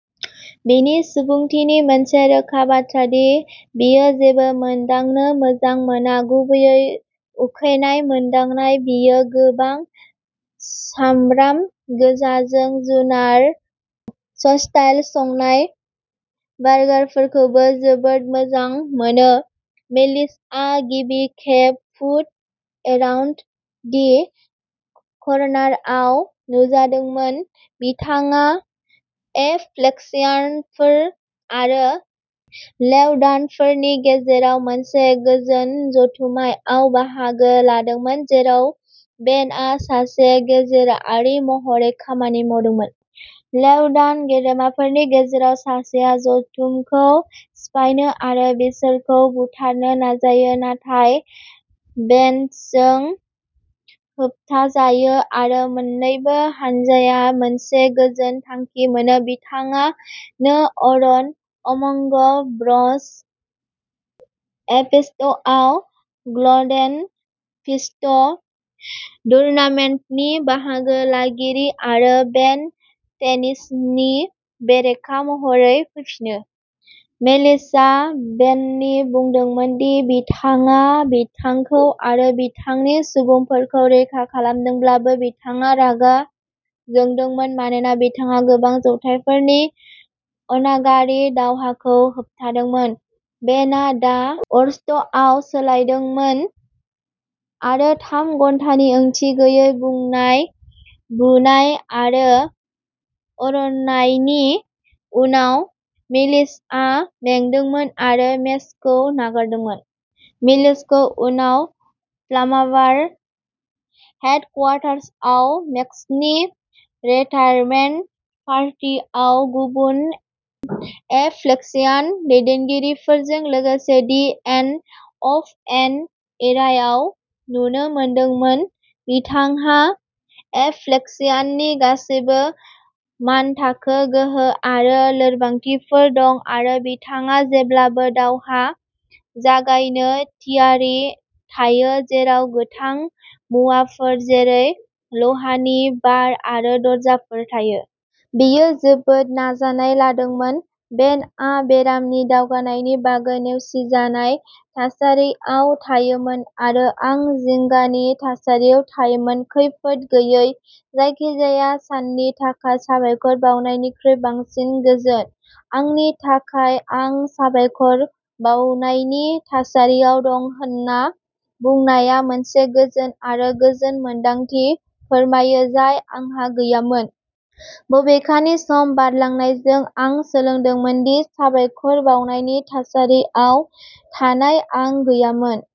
बिनि सुबुंथिनि मोनसे रोखा बाथ्रा दि बियो जेबो मोनदांनो मोजां मोना, गुबैयै उखैनाय मोनदांनाय। बियो गोबां सामब्राम गोजाजों जुनार-स्टाइल संनाय बार्गारफोरखौबो जोबोद मोजां मोनो। मेलिसआ गिबि खेब फुड एराउन्ड दि कर्नारआव नुजादोंमोन। बिथाङा एप'प्लेक्सियानफोर आरो लेव'डानफोरनि गेजेराव मोनसे गोजोन जथुमनायाव बाहागो लादोंमोन, जेराव बेनआ सासे गेजेरारि महरै खामानि मावदोंमोन। लेव'डान गेदेमाफोरनि गेजेराव सासेया जथुमखौ सिफायनो आरो बिसोरखौ बुथारनो नाजायो। नाथाय बेनजों होबथाजायो, आरो मोन्नैबो हानजाया मोनसे गोजोन थांखि मोनो। बिथाङा नो अन'र अमंग ब्र'स एपिस'डआव गल्डेन फिस्ट टुर्नामेन्टनि बाहागो लागिरि आरो बेन टेनिसननि बेरेखा महरै फैफिनो। मेलिसआ बेननो बुंदोंमोन दि बिथाङा बिथांखौ आरो बिथांनि सुबुंफोरखौ रैखा खालामदोंमोनब्लाबो, बिथाङा रागा जोंदोंमोन मानोना बिथाङा गोबां जौथाइफोरनि अनागारि दावहाखौ होबथादोंमोन। बेनआ दा वर्स्टआव सोलायदोंमोन, आरो थाम घन्टानि ओंथि गैयै बुनाय, बुनाय आरो अरनायनि उनाव, मेलिसआ मेंदोंमोन आरो मेचखौ नागारदोंमोन। मेलिसखौ उनाव प्लाम्बार हेडक्वार्टार्सआव मेक्सनि रिटायारमेन्ट पार्टियाव गुबुन एप'प्लेक्सियान दैदेनगिरिफोरजों लोगोसे दि एन्ड अफ एन इरायाव नुनो मोनदोंमोन। बिथांहा एप'प्लेक्सियाननि गासैबो मानथाखो गोहो आरो लोरबांथिफोर दं आरो बिथाङा जेब्लाबो दावहा जागायनो थियारि थायो, जेराव गोथां मुवाफोर जेरै लहानि बार आरो दरजाफोर थायो। बेयो जोबोद नाजानाय लादोंमोन। बेनआ बेरामनि दावगानायनि बागै नेवसिजानाय थासारियाव थायोमोन, आरो आं जिंगानि थासारियाव थायोमोन, खैफोद गैयै जायखिजाया साननि थाखाय साबायखर बावनायनिख्रुइ बांसिन गोजोन। आंनि थाखाय, आं साबायखर बावनायनि थासारियाव दं होन्ना बुंनाया मोनसे गोजोन आरो गोजोन मोन्दांथि फोरमायो जाय आंहा गैयामोन। बबेखानि, सम बारलांनायजों, आं सोलोंदोंमोन दि" साबायखर बावनायनि थासारियाव थानाय "आ गैयामोन।